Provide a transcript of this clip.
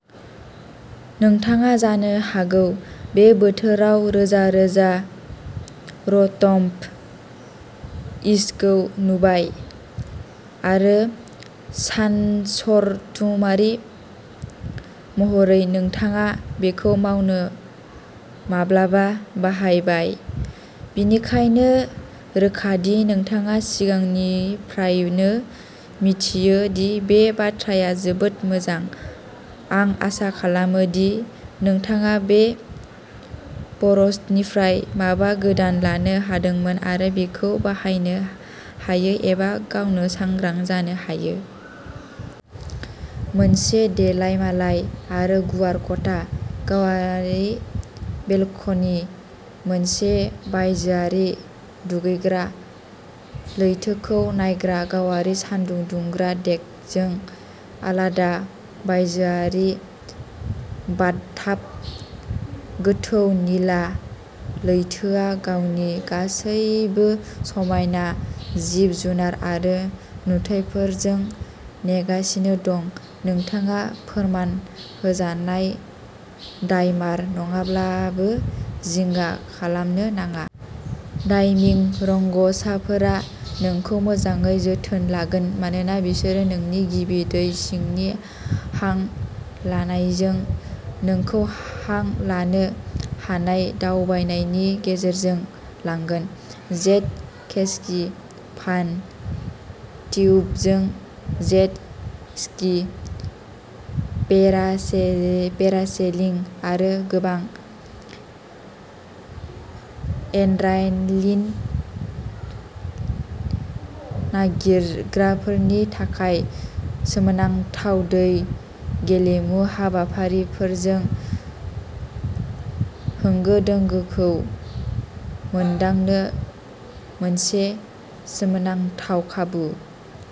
नोंथाङा जानो हागौ बे बोथोराव रोजा-रोजा र'ट'म-एचखौ नुबाय, आरो सानसरथुमारि महरै नोंथाङा बेखौ गावनो माब्लाबा बाहायबाय। बेनिखायनो रोखा दि नोंथाङा सिगांनिफ्रायनो मिथियो दि बे बाथ्राया जोबोद मोजां। आं आसा खालामो दि नोंथाङा बे पस्टनिफ्राय माबा गोदान लानो हादोंमोन आरो बेखौ बाहायनो हायो एबा गावनो सांग्रां जानो हायो। मोनसे देलायमालाय आरो गुवार खथा, गावारि बेलकनि, मोनसे बायजोआरि दुगैग्रा, लैथोखौ नायग्रा गावारि सानदुं दुंग्रा डेकजों आलादा बायजोआरि बाथटाब। गोथौ निला लैथोआ गावनि गासैबो समायना जिब-जुनार आरो नुथायफोरजों नेगासिनो दं। नोंथाङा फोरमान होजानाय डायभार नङाब्लाबो जिंगा खालामनो नाङा। डाइभिं रोंग'साफोरा नोंखौ मोजाङै जोथोन लागोन मानोना बिसोरो नोंनि गिबि दै सिंनि हां लानायजों नोंखौ हां लानो हानाय दावबायनायनि गेजेरजों लांगोन। जेट स्की, फान टिउबजों जेट स्की, पेरासेलिं आरो गोबां। एड्रेनालिन नागिरग्राफोरनि थाखाय सोमोनांथाव दै गेलेमु हाबाफारिफोरजों होंगो-दोंगोखौ मोनदांनो मोनसे सोमोनांथाव खाबु।.